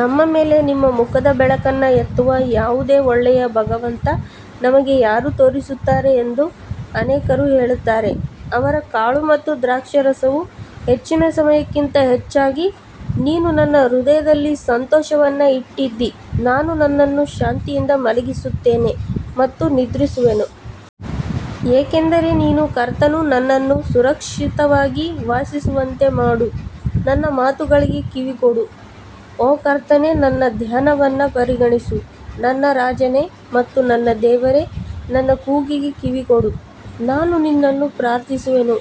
ನಮ್ಮ ಮೇಲೆ ನಿಮ್ಮ ಮುಖದ ಬೆಳಕನ್ನು ಎತ್ತುವ ಯಾವುದೇ ಒಳ್ಳೆಯ ಭಗವಂತ ನಮಗೆ ಯಾರು ತೋರಿಸುತ್ತಾರೆ ಎಂದು ಅನೇಕರು ಹೇಳುತ್ತಾರೆ ಅವರ ಕಾಳು ಮತ್ತು ದ್ರಾಕ್ಷಾರಸವು ಹೆಚ್ಚಿದ ಸಮಯಕ್ಕಿಂತ ಹೆಚ್ಚಾಗಿ ನೀನು ನನ್ನ ಹೃದಯದಲ್ಲಿ ಸಂತೋಷವನ್ನು ಇಟ್ಟಿದ್ದೀ ನಾನು ನನ್ನನ್ನು ಶಾಂತಿಯಿಂದ ಮಲಗಿಸುತ್ತೇನೆ ಮತ್ತು ನಿದ್ರಿಸುವೆನು ಏಕೆಂದರೆ ನೀನು ಕರ್ತನು ನನ್ನನ್ನು ಸುರಕ್ಷಿತವಾಗಿ ವಾಸಿಸುವಂತೆ ಮಾಡು ನನ್ನ ಮಾತುಗಳಿಗೆ ಕಿವಿಗೊಡು ಓ ಕರ್ತನೇ ನನ್ನ ಧ್ಯಾನವನ್ನು ಪರಿಗಣಿಸು ನನ್ನ ರಾಜನೇ ಮತ್ತು ನನ್ನ ದೇವರೇ ನನ್ನ ಕೂಗಿಗೆ ಕಿವಿಗೊಡು, ನಾನು ನಿನ್ನನ್ನು ಪ್ರಾರ್ಥಿಸುವೆನು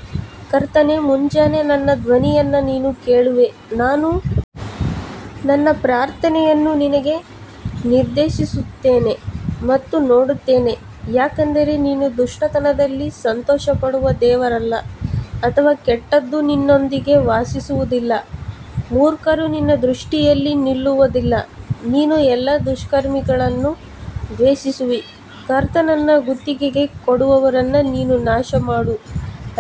ಕರ್ತನೇ ಮುಂಜಾನೆ ನನ್ನ ಧ್ವನಿಯನ್ನು ನೀನು ಕೇಳುವೆ, ನಾನು ನನ್ನ ಪ್ರಾರ್ಥನೆಯನ್ನು ನಿನಗೆ ನಿರ್ದೇಶಿಸುತ್ತೇನೆ ಮತ್ತು ನೋಡುತ್ತೇನೆ ಯಾಕಂದರೆ ನೀನು ದುಷ್ಟತನದಲ್ಲಿ ಸಂತೋಷಪಡುವ ದೇವರಲ್ಲ ಅಥವಾ ಕೆಟ್ಟದ್ದು ನಿನ್ನೊಂದಿಗೆ ವಾಸಿಸುವುದಿಲ್ಲ ಮೂರ್ಖರು ನಿನ್ನ ದೃಷ್ಟಿಯಲ್ಲಿ ನಿಲ್ಲುವದಿಲ್ಲ, ನೀನು ಎಲ್ಲಾ ದುಷ್ಕರ್ಮಿಗಳನ್ನು ದ್ವೇಷಿಸುವಿ ಕರ್ತನನ್ನು ಗುತ್ತಿಗೆಗೆ ಕೊಡುವವರನ್ನು ನೀನು ನಾಶಮಾಡು,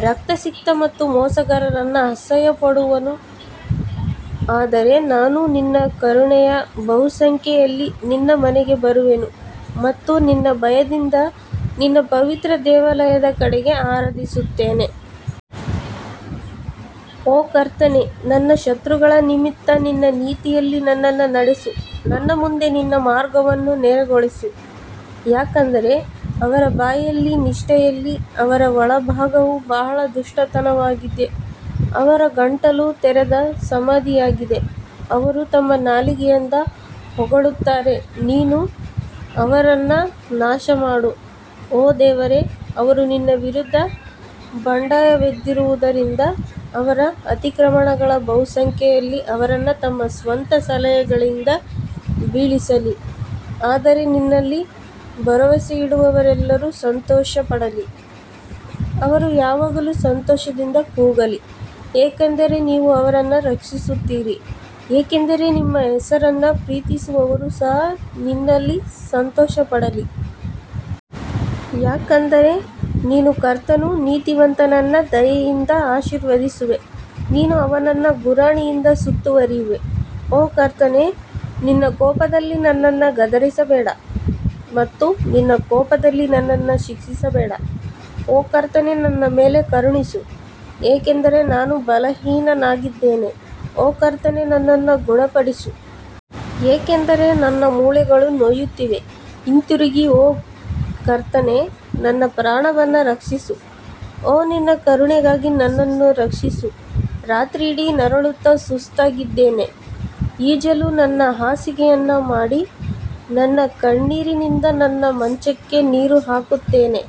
ರಕ್ತಸಿಕ್ತ ಮತ್ತು ಮೋಸಗಾರನನ್ನು ಅಸಹ್ಯಪಡಿಸುವನು ಆದರೆ ನಾನು ನಿನ್ನ ಕರುಣೆಯ ಬಹುಸಂಖ್ಯೆಯಲ್ಲಿ ನಿನ್ನ ಮನೆಗೆ ಬರುವೆನು ಮತ್ತು ನಿನ್ನ ಭಯದಿಂದ ನಿನ್ನ ಪವಿತ್ರ ದೇವಾಲಯದ ಕಡೆಗೆ ಆರಾಧಿಸುತ್ತೇನೆ. ಓ ಕರ್ತನೇ, ನನ್ನ ಶತ್ರುಗಳ ನಿಮಿತ್ತ ನಿನ್ನ ನೀತಿಯಲ್ಲಿ ನನ್ನನ್ನು ನಡೆಸು, ನನ್ನ ಮುಂದೆ ನಿನ್ನ ಮಾರ್ಗವನ್ನು ನೇರಗೊಳಿಸು ಯಾಕಂದರೆ ಅವರ ಬಾಯಿಯಲ್ಲಿ ನಿಷ್ಠೆಯಿಲ್ಲ, ಅವರ ಒಳಭಾಗವು ಬಹಳ ದುಷ್ಟತನವಾಗಿದೆ, ಅವರ ಗಂಟಲು ತೆರೆದ ಸಮಾಧಿಯಾಗಿದೆ ಅವರು ತಮ್ಮ ನಾಲಿಗೆಯಿಂದ ಹೊಗಳುತ್ತಾರೆ ನೀನು ಅವರನ್ನು ನಾಶಮಾಡು ಓ ದೇವರೇ, ಅವರು ನಿನ್ನ ವಿರುದ್ಧ ಬಂಡಾಯವೆದ್ದಿರುವದರಿಂದ ಅವರ ಅತಿಕ್ರಮಣಗಳ ಬಹುಸಂಖ್ಯೆಯಲ್ಲಿ ಅವರನ್ನು ತಮ್ಮ ಸ್ವಂತ ಸಲಹೆಗಳಿಂದ ಬೀಳಿಸಲಿ ಆದರೆ ನಿನ್ನಲ್ಲಿ ಭರವಸೆಯಿಡುವವರೆಲ್ಲರೂ ಸಂತೋಷಪಡಲಿ, ಅವರು ಯಾವಾಗಲೂ ಸಂತೋಷದಿಂದ ಕೂಗಲಿ, ಏಕೆಂದರೆ ನೀವು ಅವರನ್ನು ರಕ್ಷಿಸುತ್ತೀರಿ ಏಕೆಂದರೆ ನಿಮ್ಮ ಹೆಸರನ್ನು ಪ್ರೀತಿಸುವವರು ಸಹ ನಿನ್ನಲ್ಲಿ ಸಂತೋಷಪಡಲಿ. ಯಾಕಂದರೆ ನೀನು ಕರ್ತನು ನೀತಿವಂತನನ್ನು ದಯೆಯಿಂದ ಆಶೀರ್ವದಿಸುವೆ, ನೀನು ಅವನನ್ನು ಗುರಾಣಿಯಿಂದ ಸುತ್ತುವರಿಯುವೆ ಓ ಕರ್ತನೇ ನಿನ್ನ ಕೋಪದಲ್ಲಿ ನನ್ನನ್ನು ಗದರಿಸಬೇಡ ಮತ್ತು ನಿನ್ನ ಕೋಪದಲ್ಲಿ ನನ್ನನ್ನು ಶಿಕ್ಷಿಸಬೇಡ ಓ ಕರ್ತನೇ ನನ್ನ ಮೇಲೆ ಕರುಣಿಸು, ಏಕೆಂದರೆ ನಾನು ಬಲಹೀನನಾಗಿದ್ದೇನೆ, ಓ ಕರ್ತನೇ ನನ್ನನ್ನು ಗುಣಪಡಿಸು, ಏಕೆಂದರೆ ನನ್ನ ಮೂಳೆಗಳು ನೋಯುತ್ತಿವೆ ಹಿಂತಿರುಗಿ ಓ ಕರ್ತನೇ ನನ್ನ ಪ್ರಾಣವನ್ನು ರಕ್ಷಿಸು ಓ ನಿನ್ನ ಕರುಣೆಗಾಗಿ ನನ್ನನ್ನು ರಕ್ಷಿಸು ರಾತ್ರಿಯಿಡೀ ನರಳುತ್ತಾ ಸುಸ್ತಾಗಿದ್ದೇನೆ ಈಜಲು ನನ್ನ ಹಾಸಿಗೆಯನ್ನು ಮಾಡಿ ನನ್ನ ಕಣ್ಣೀರಿನಿಂದ ನನ್ನ ಮಂಚಕ್ಕೆ ನೀರು ಹಾಕುತ್ತೇನೆ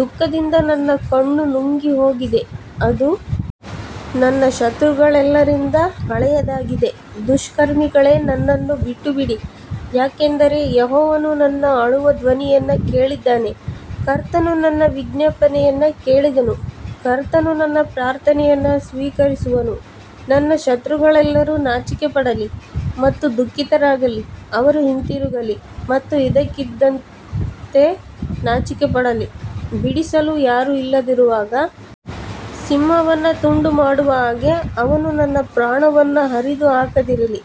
ದುಃಖದಿಂದ ನನ್ನ ಕಣ್ಣು ನುಂಗಿಹೋಗಿದೆ, ಅದು ನನ್ನ ಶತ್ರುಗಳೆಲ್ಲರಿಂದ ಹಳೆಯದಾಗಿದೆ ದುಷ್ಕರ್ಮಿಗಳೇ ನನ್ನನ್ನು ಬಿಟ್ಟುಬಿಡಿ, ಯಾಕಂದರೆ ಯೆಹೋವನು ನನ್ನ ಅಳುವ ಧ್ವನಿಯನ್ನು ಕೇಳಿದ್ದಾನೆ ಕರ್ತನು ನನ್ನ ವಿಜ್ಞಾಪನೆಯನ್ನು ಕೇಳಿದನು ಕರ್ತನು ನನ್ನ ಪ್ರಾರ್ಥನೆಯನ್ನು ಸ್ವೀಕರಿಸುವನು ನನ್ನ ಶತ್ರುಗಳೆಲ್ಲರೂ ನಾಚಿಕೆಪಡಲಿ ಮತ್ತು ದುಃಖಿತರಾಗಲಿ, ಅವರು ಹಿಂತಿರುಗಲಿ ಮತ್ತು ಇದ್ದಕ್ಕಿದ್ದಂತೆ ನಾಚಿಕೆಪಡಲಿ ಬಿಡಿಸಲು ಯಾರೂ ಇಲ್ಲದಿರುವಾಗ ಸಿಂಹವನ್ನು ತುಂಡು ಮಾಡುವ ಹಾಗೆ ಅವನು ನನ್ನ ಪ್ರಾಣವನ್ನು ಹರಿದು ಹಾಕದಿರಲಿ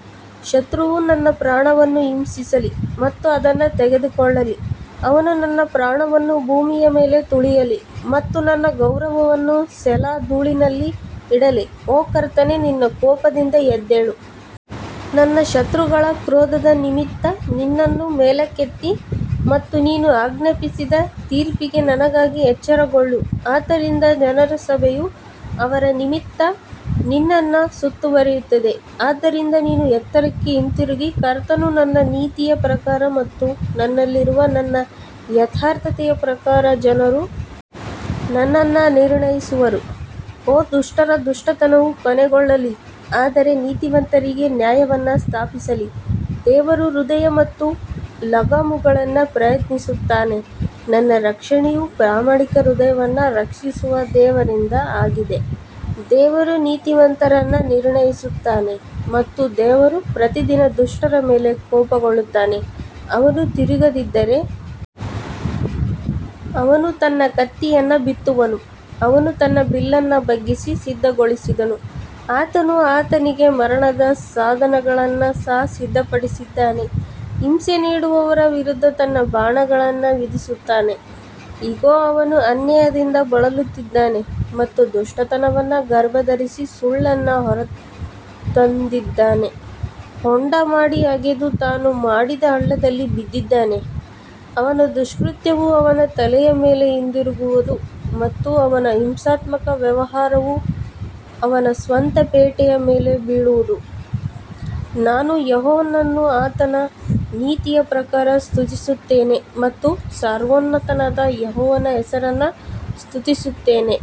ಶತ್ರುವು ನನ್ನ ಪ್ರಾಣವನ್ನು ಹಿಂಸಿಸಲಿ ಮತ್ತು ಅದನ್ನು ತೆಗೆದುಕೊಳ್ಳಲಿ, ಅವನು ನನ್ನ ಪ್ರಾಣವನ್ನು ಭೂಮಿಯ ಮೇಲೆ ತುಳಿಯಲಿ ಮತ್ತು ನನ್ನ ಗೌರವವನ್ನು ಸೆಲಾ ಧೂಳಿನಲ್ಲಿ ಇಡಲಿ ಓ ಕರ್ತನೇ ನಿನ್ನ ಕೋಪದಿಂದ ಎದ್ದೇಳು, ನನ್ನ ಶತ್ರುಗಳ ಕ್ರೋಧದ ನಿಮಿತ್ತ ನಿನ್ನನ್ನು ಮೇಲಕ್ಕೆತ್ತಿ ಮತ್ತು ನೀನು ಆಜ್ಞಾಪಿಸಿದ ತೀರ್ಪಿಗೆ ನನಗಾಗಿ ಎಚ್ಚರಗೊಳ್ಳು ಆದ್ದರಿಂದ ಜನರ ಸಭೆಯು ಅವರ ನಿಮಿತ್ತ ನಿನ್ನನ್ನು ಸುತ್ತುವರಿಯುತ್ತದೆ ಆದ್ದರಿಂದ ನೀನು ಎತ್ತರಕ್ಕೆ ಹಿಂತಿರುಗಿ ಕರ್ತನು ನನ್ನ ನೀತಿಯ ಪ್ರಕಾರ ಮತ್ತು ನನ್ನಲ್ಲಿರುವ ನನ್ನ ಯಥಾರ್ಥತೆಯ ಪ್ರಕಾರ ಜನರು ನನ್ನನ್ನು ನಿರ್ಣಯಿಸುವರು ಓ ದುಷ್ಟರ ದುಷ್ಟತನವು ಕೊನೆಗೊಳ್ಳಲಿ ಆದರೆ ನೀತಿವಂತರಿಗೆ ನ್ಯಾಯವನ್ನು ಸ್ಥಾಪಿಸಲಿ ದೇವರು ಹೃದಯ ಮತ್ತು ಲಗಾಮುಗಳನ್ನು ಪ್ರಯತ್ನಿಸುತ್ತಾನೆ ನನ್ನ ರಕ್ಷಣೆಯು ಪ್ರಾಮಾಣಿಕ ಹೃದಯವನ್ನು ರಕ್ಷಿಸುವ ದೇವರಿಂದ ಆಗಿದೆ ದೇವರು ನೀತಿವಂತರನ್ನು ನಿರ್ಣಯಿಸುತ್ತಾನೆ ಮತ್ತು ದೇವರು ಪ್ರತಿದಿನ ದುಷ್ಟರ ಮೇಲೆ ಕೋಪಗೊಳ್ಳುತ್ತಾನೆ ಅವನು ತಿರುಗದಿದ್ದರೆ ಅವನು ತನ್ನ ಕತ್ತಿಯನ್ನು ಬಿತ್ತುವನು, ಅವನು ತನ್ನ ಬಿಲ್ಲನ್ನು ಬಗ್ಗಿಸಿ ಸಿದ್ಧಗೊಳಿಸಿದನು ಆತನು ಆತನಿಗೆ ಮರಣದ ಸಾಧನಗಳನ್ನು ಸಹ ಸಿದ್ಧಪಡಿಸಿದ್ದಾನೆ, ಹಿಂಸೆ ನೀಡುವವರ ವಿರುದ್ಧ ತನ್ನ ಬಾಣಗಳನ್ನು ವಿಧಿಸುತ್ತಾನೆ ಇಗೋ, ಅವನು ಅನ್ಯಾಯದಿಂದ ಬಳಲುತ್ತಿದ್ದಾನೆ ಮತ್ತು ದುಷ್ಟತನವನ್ನು ಗರ್ಭಧರಿಸಿ ಸುಳ್ಳನ್ನು ಹೊರತಂದಿದ್ದಾನೆ ಹೊಂಡ ಮಾಡಿ ಅಗೆದು ತಾನು ಮಾಡಿದ ಹಳ್ಳದಲ್ಲಿ ಬಿದ್ದಿದ್ದಾನೆ ಅವನ ದುಷ್ಕೃತ್ಯವು ಅವನ ತಲೆಯ ಮೇಲೆ ಹಿಂದಿರುಗುವದು ಮತ್ತು ಅವನ ಹಿಂಸಾತ್ಮಕ ವ್ಯವಹಾರವು ಅವನ ಸ್ವಂತ ಪೇಟೆಯ ಮೇಲೆ ಬೀಳುವದು ನಾನು ಯೆಹೋವನನ್ನು ಆತನ ನೀತಿಯ ಪ್ರಕಾರ ಸ್ತುತಿಸುತ್ತೇನೆ ಮತ್ತು ಸರ್ವೋನ್ನತನಾದ ಯೆಹೋವನ ಹೆಸರನ್ನು ಸ್ತುತಿಸುತ್ತೇನೆ.